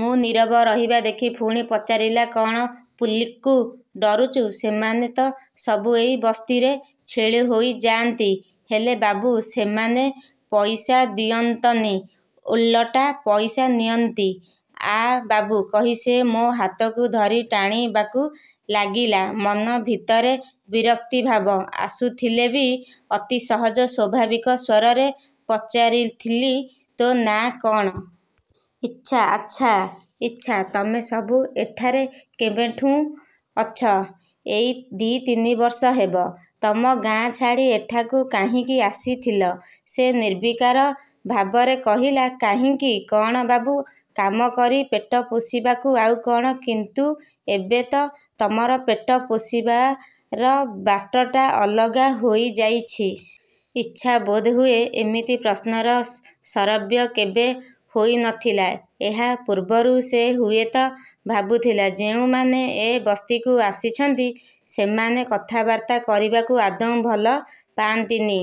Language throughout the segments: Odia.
ମୁଁ ନୀରବ ରହିବା ଦେଖି ପୁଣି ପଚାରିଲା–କ'ଣ ପୁଲିସ୍କୁ ଡରୁଚୁ? ସେମାନେ ତ ସବୁ ଏଇ ବସ୍ତିରେ ଛେଳି ହୋଇଯାଆନ୍ତି। ହେଲେ ବାବୁ ସେମାନେ ପଇସା ଦିଅନ୍ତନି ଓଲଟା ପଇସା ନିଅନ୍ତି। ଆ ବାବୁ, କହି ସେ ମୋ'ହାତକୁ ଧରି ଟାଣିବାକୁ ଲାଗିଲା। ମନ ଭିତରେ ବିରକ୍ତିଭାବ ଆସୁଥିଲେ ବି ଅତି ସହଜ, ସ୍ଵାଭାବିକ ସ୍ଵରରେ ପଚାରିଥିଲି–ତୋ ନାଆ କ'ଣ? ଇଚ୍ଛା! ଆଚ୍ଛା ଇଚ୍ଛା, ତମେସବୁ ଏଠାରେ କେବେଠୁଁ ଅଛ? ଏଇ ଦି' ତିନିବର୍ଷ ହେବ। ତମ ଗାଆଁ ଛାଡ଼ି ଏଠାକୁ କାହିଁକି ଆସିଥିଲ? ସେ ନିର୍ବିକାର ଭାବରେ କହିଲା–କାହିଁକି କ'ଣ ବାବୁ, କାମ କରି ପେଟ ପୋଷିବାକୁ, ଆଉ କ'ଣ? କିନ୍ତୁ ଏବେ ତ ତମର ପେଟ ପୋଷିବାର ବାଟଟା ଅଲଗା ହୋଇଯାଇଛି। ଇଚ୍ଛା ବୋଧହୁଏ ଏମିତି ପ୍ରଶ୍ନର ଶରବ୍ୟ କେବେ ହୋଇନଥିଲା ଏହା ପୂର୍ବରୁ। ସେ ହୁଏତ ଭାବୁଥିଲା–ଯେଉଁମାନେ ଏ ବସ୍ତିକୁ ଆସିଛନ୍ତି ସେମାନେ କଥାବାର୍ତ୍ତା କରିବାକୁ ଆଦୌ ଭଲ ପାଆନ୍ତିନି।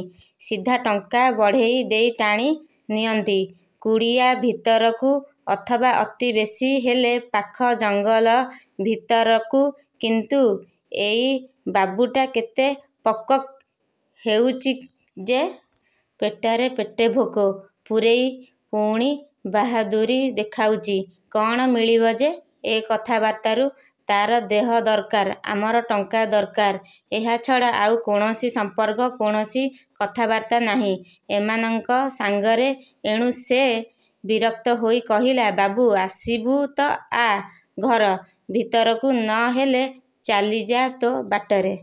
ସିଧା ଟଙ୍କା ବଢ଼େଇ ଦେଇ ଟାଣି ନିଅନ୍ତି କୁଡ଼ିଆ ଭିତରକୁ ଅଥବା ଅତି ବେଶୀ ହେଲେ ପାଖ ଜଙ୍ଗଲ ଭିତରକୁ; କିନ୍ତୁ ଏଇ ବାବୁଟା କେତେ ବକ୍ବକ୍ ହେଉଚି ଯେ। ପେଟରେ ପେଟେ ଭୋକ ପୁରେଇ ପୁଣି ବାହାଦୂରୀ ଦେଖାଉଚି। କ'ଣ ମିଳିବ ଯେ ଏ କଥାବାର୍ତ୍ତାରୁ। ତା'ର ଦେହ ଦରକାର ଆମର ଟଙ୍କା ଦରକାର। ଏହାଛଡ଼ା ଆଉ କୌଣସି ସମ୍ପର୍କ, କୌଣସି କଥାବାର୍ତ୍ତା ନାହିଁ ଏମାନଙ୍କ ସାଙ୍ଗରେ। ଏଣୁ ସେ ବିରକ୍ତ ହୋଇ କହିଲା–ବାବୁ, ଆସିବୁ ତ ଆ ଘର ଭିତରକୁ, ନ ହେଲେ ଚାଲିଯା' ତୋ' ବାଟରେ।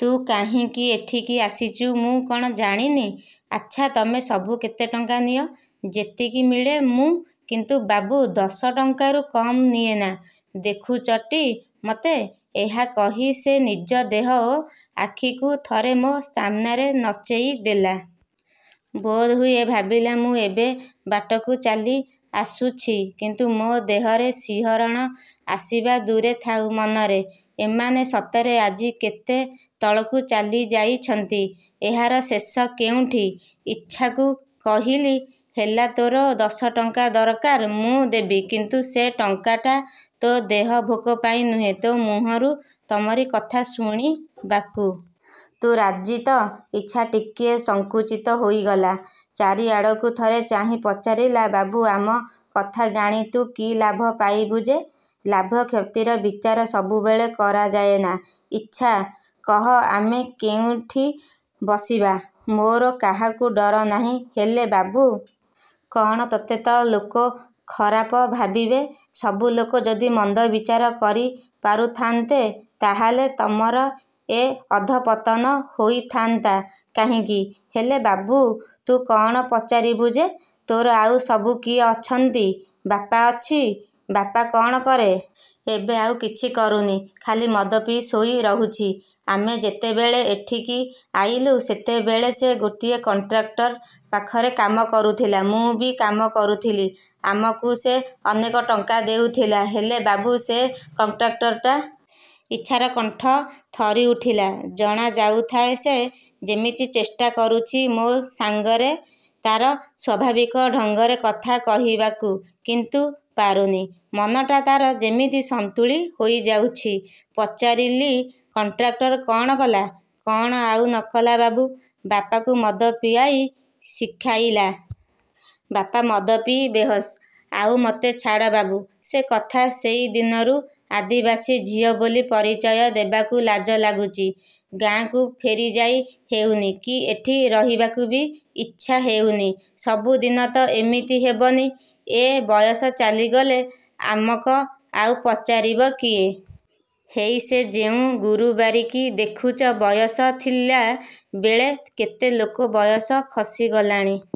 ତୁ କାହିଁକି ଏଠିକି ଆସିଚୁ ମୁଁ କ'ଣ ଜାଣିନି? ଆଚ୍ଛା, ତମେ ସବୁ କେତେ ଟଙ୍କା ନିଅ? ଯେତିକି ମିଳେ। ମୁଁ କିନ୍ତୁ ବାବୁ ଦଶଟଙ୍କାରୁ କମ୍ ନିଏନା। ଦେଖୁଚଟି ମତେ? ଏହା କହି ସେ ନିଜ ଦେହ ଓ ଆଖିକୁ ଥରେ ମୋ' ସାମ୍ନାରେ ନଚେଇ ଦେଲା। ବୋଧହୁଏ ଭାବିଲା ମୁଁ ଏବେ ବାଟକୁ ଚାଲି ଆସୁଛି। କିନ୍ତୁ ମୋ' ଦେହରେ ଶିହରଣ ଆସିବା ଦୂରେ ଥାଉ ମନରେ... ଏମାନେ ସତରେ ଆଜି କେତେ ତଳକୁ ଚାଲିଯାଇଛନ୍ତି। ଏହାର ଶେଷ କେଉଁଠି? ଇଚ୍ଛାକୁ କହିଲି–ହେଲା ତୋର ଦଶଟଙ୍କା ଦରକାର, ମୁଁ ଦେବି; କିନ୍ତୁ ସେ ଟଙ୍କାଟା ତୋ ଦେହ ଭୋଗ ପାଇଁ ନୁହେ, ତୋ ମୁହଁରୁ ତମରି କଥା ଶୁଣିବାକୁ। ତୁ ରାଜି ତ? ଇଚ୍ଛା ଟିକିଏ ସଙ୍କୁଚିତ ହୋଇଗଲା। ଚାରିଆଡ଼କୁ ଥରେ ଚାହିଁ ପଚାରିଲା–ବାବୁ, ଆମ କଥା ଜାଣି ତୁ କି ଲାଭ ପାଇବୁ ଯେ? ଲାଭ–କ୍ଷତିର ବିଚାର ସବୁବେଳେ କରାଯାଏନା ଇଚ୍ଛା। କହ ଆମେ କେଉଁଠି ବସିବା। ମୋର କାହାକୁ ଡର ନାହିଁ ହେଲେ ବାବୁ... କ'ଣ? ତୋତେ ତ ଲୋକ। ଖରାପ ଭାବିବେ। ସବୁ ଲୋକ ଯଦି–ମନ୍ଦ ବିଚାର କରି ପାରୁଥାନ୍ତେ ତା'ହେଲେ ତମର ଏ ଅଧପତନ ହୋଇଥାନ୍ତା କାହିଁକି? ହେଲେ ବାବୁ ତୁ କ'ଣ ପଚାରିବୁ ଯେ? ତୋର ଆଉ ସବୁ କିଏ ଅଛନ୍ତି? ବାପା ଅଛି। ବାପା କ'ଣ କରେ? ଏବେ ଆଉ କିଛି କରୁନି। ଖାଲି ମଦ ପିଇ ଶୋଇ ରହୁଛି। ଆମେ ଯେତେବେଳେ ଏଠିକି ଆଇଲୁ ସେତେବେଳେ ସେ ଗୋଟିଏ କଣ୍ଟ୍ରାକ୍ଟର ପାଖରେ କାମ କରୁଥିଲା। ମୁଁ ବି କାମ କରୁଥିଲି। ଆମକୁ ସେ ଅନେକ ଟଙ୍କା ଦେଉଥିଲା। ହେଲେ ବାବୁ ସେ କଣ୍ଟ୍ରାକ୍ଟରଟା... ଇଚ୍ଛାର କଣ୍ଠ ଥରିଉଠିଲା। ଜଣାଯାଉଥାଏ ସେ ଯେମିତି ଚେଷ୍ଟା କରୁଛି ମୋ'ସାଙ୍ଗରେ ତା'ର ସ୍ଵାଭାବିକ ଢଙ୍ଗରେ; କଥା କହିବାକୁ; କିନ୍ତୁ ପାରୁନି। ମନଟା ତା'ର ଯେମିତି ସନ୍ତୁଳି ହୋଇଯାଉଛି। ପଚାରିଲି–କଣ୍ଟ୍ରାକ୍ଟର କ'ଣ କଲା? କ'ଣ ଆଉ ନ କଲା ବାବୁ! ବାପାକୁ ମଦ ପିଆଇ ଶିଖାଇଲା। ବାପା ମଦ ପିଇ ବେହୋସ। ଆଉ ମୋତେ...। ଛାଡ଼ ବାବୁ ସେ କଥା ସେଇ ଦିନରୁ ଆଦିବାସୀ ଝିଅ ବୋଲି ପରିଚୟ ଦେବାକୁ ଲାଜ ଲାଗୁଚି। ଗାଆଁକୁ ଫେରିଯାଇ ହେଉନି କି ଏଠି ରହିବାକୁ ବି ଇଚ୍ଛା ହେଉନି। ସବୁଦିନ ତ ଏମିତି ହେବନି। ଏ ବୟସ ଚାଲିଗଲେ ଆମକ ଆଉ ପଚାରିବ କିଏ? ହେଇ ସେ ଯେଉଁ ଗୁରୁବାରୀକି ଦେଖୁଚ, ବୟସ ଥିଲା ବେଳେ କେତେ ଲୋକ... ବୟସ ଖସିଗଲାଣି।